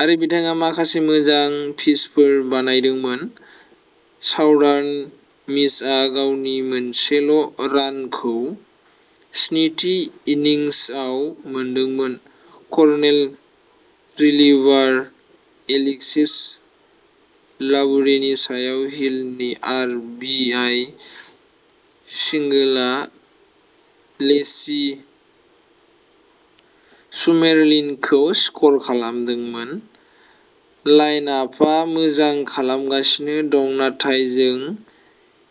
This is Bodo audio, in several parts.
आरो बिथाङा माखासे मोजां पिचफोर बानायदोंमोन। साउदार्न मिसआ गावनि मोनसेल' रानखौ स्निथि इन्निंसआव मोनदोंमोन। कर्नेल रिलिभार एलेक्सिस लाबुरेनि सायाव हिलनि आर बि आइ सिंगोलआ लेसि सुमेरलिनखौ स्कर खालामदोंमोन। लाइनआपा मोजां खालामगासिनो दं, नाथाय जों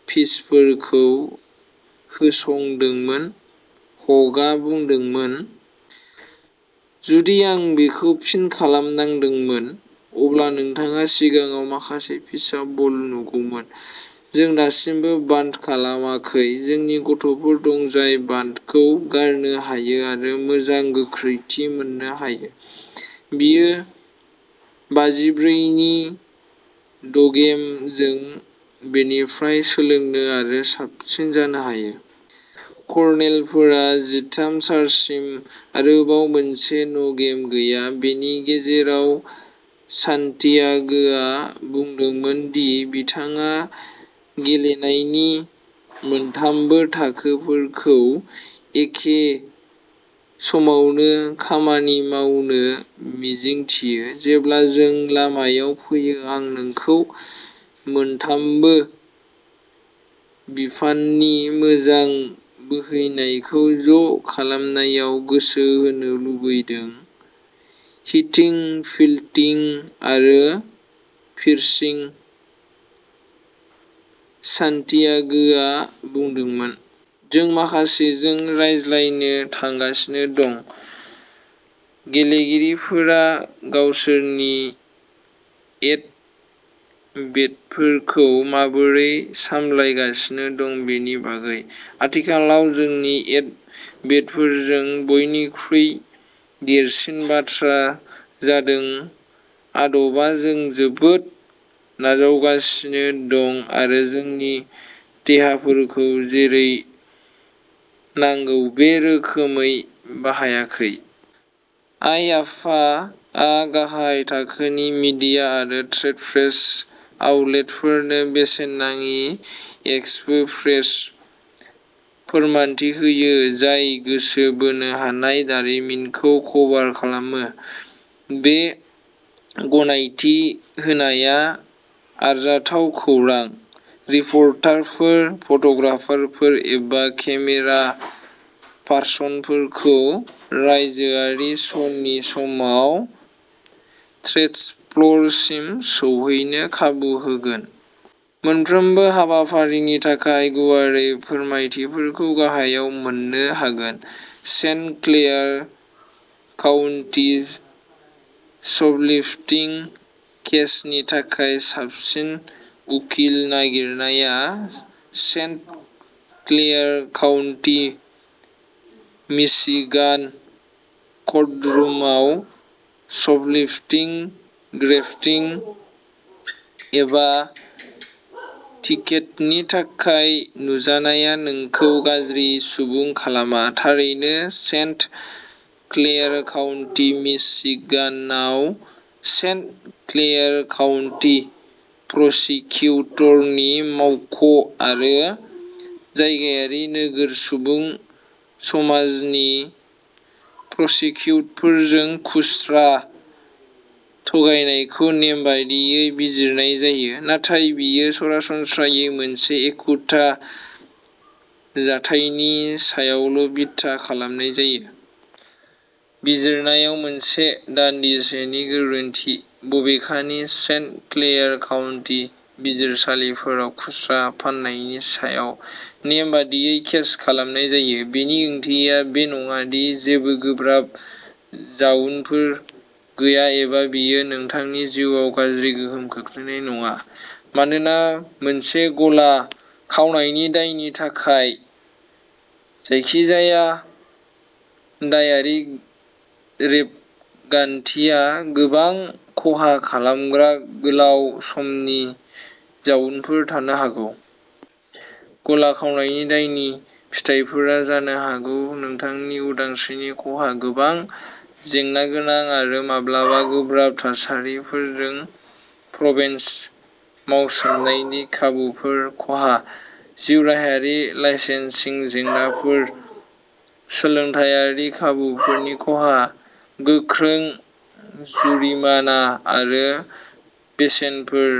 पिचफोरखौ होसंदोंमोन हगआ बुंदोंमोन। जुदि आं बेखौ फिन खालामनांदोंमोन, अब्ला नोंथाङा सिगाङाव माखासे फिसा बल नुगौमोन। जों दासिमबो बान्ट खालामाखै। जोंनि गथ'फोर दं जाय बान्टखौ गारनो हायो आरो मोजां गोख्रैथि मोननो हायो। बेयो बाजिब्रै नि द'गेम। जों बेनिफ्राय सोलोंनो आरो साबसिन जानो हायो। कर्नेलफोरा जिथाम मार्चसिम आरोबाव मोनसे न'गेम गैया। बेनि गेजेराव, सान्टियागोआ बुंदोंमोन दि बिथाङा गेलेनायनि मोनथामबो थाखोफोरखौ एखे समावनो खामानि मावनो मिजिंथियो। जेब्ला जों लामायाव फैयो, आं नोंखौ मोनथामबो बिफाननि मोजां बोहैनायखौ ज'खालामनायाव गोसो होनो लुबैदों हिटिं, फिल्डिं आरो पिचिं सान्टियागोआ बुंदोंमोन। जों माखासेजों रायज्लायनो थांगासिनो दं। गेलेगिरिफोरा गावसोरनि एट बेटफोरखौ माबोरै सामलायगासिनो दं बेनि बागै। आथिखालाव जोंनि एट-बेटफोरजों बयनिख्रुइ देरसिन बाथ्राया जादों आदब। जों जोबोद नाजागासिनो दं आरो जोंनि देहाफोरखौ जेरै नांगौ बे रोखोमै बाहायाखै। आइआफफा आ गाहाय थाखोनि मीडिया आरो ट्रेड प्रेस आउटलेटफोरनो बेसेन नाङि एक्सपो प्रेस फोरमानथि होयो, जाय गोसो बोनो हानाय दारिमिनखौ कभार खालामो। बे गनायथि होनाया आरजाथाव खौरां रिपर्टारफोर, फट'ग्राफारफोर, एबा केमेरापारसनफोरखौ रायजोआरि श'नि समाव ट्रेड श'फ्ल'रसिम सौहैनो खाबु होगोन। मोनफ्रोमबो हाबाफारिनि थाखाय गुवारै फोरमायथिफोरखौ गाहायाव मोन्नो हागोन। सेन्ट क्लेयार काउन्टी श'पलिफ्टिं केसनि थाखाय साबसिन उखिल नागिरनाया? सेन्ट क्लेयार काउन्टी मिशिगान क'र्टरुमआव श'पलिफ्टिं ग्रेप्तिं एबा टिकेटनि थाखाय नुजानाया नोंखौ गाज्रि सुबुं खालामा। थारैनो, सेन्ट क्लेयार काउन्टी मिशिगानआव सेन्ट क्लेयार काउन्टी प्रसिकिउटरनि मावख' आरो जायगायारि नोगोर सुबुं समाजनि प्रसिकिउटरफोरजों खुस्रा थगायनायखौ नेमबादियै बिजिरनाय जायो, नाथाय बेयो सरासनस्रायै मोनसे एखुथा जाथायनि सायावल' बिथा खालामनाय जायो। बिजिरनायाव मोनसे दानदिसेनि गोरोन्थि। बबेखानि, सेन्ट क्लेयार काउन्टि बिजिरसालिफोराव खुस्रा फाननायनि सायाव नेमबादियै केस खालामनाय जायो, बेनि ओंथिया बे नङा दि जेबो गोब्राब जाउनफोर गैया एबा बेयो नोंथांनि जिउआव गाज्रि गोहोम खोख्लैनाय नङा, मानोना मोनसे गला खावनायनि दायनि थाखाय जायखिजाया दायारि रेबगान्थिया गोबां खहा खालामग्रा गोलाव समनि जाउनफोर थानो हागौ। गला खावनायनि दायनि फिथाइफोरा जानो हागौ नोंथांनि उदांस्रिनि खहा, गोबां जेंनागोनां आरो माब्लाबा गोब्राब थासारिफोरजों प्रबेशन मावसोमनायनि खाबुफोर खहा; जिउराहायारि लाइसेन्सिं जेंनाफोर, सोलोंथायारि खाबुफोरनि खहा, गोख्रों जुरिमाना आरो बेसेनफोर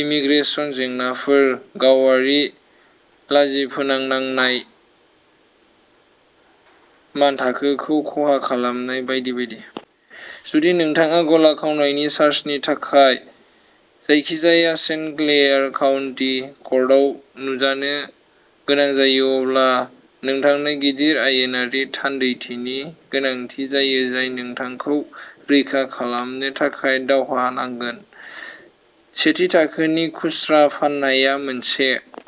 इमिग्रेशन जेंनाफोर गावारि लाजिफोनांनाय मानथाखोखौ खहा खालामनाय, बायदि बायदि। जुदि नोंथाङा गला खावनायनि चार्जनि थाखाय जायखिजाया सेन्ट क्लेयार काउन्टि कर्टआव नुजानो गोनां जायो, अब्ला नोंथांनो गिदिर आयेनारि थान्दैथिनि गोनांथि जायो जाय नोंथांखौ रैखा खालामनो थाखाय दावहा नांगोन। सेथि थाखोनि खुस्रा फाननाया मोनसे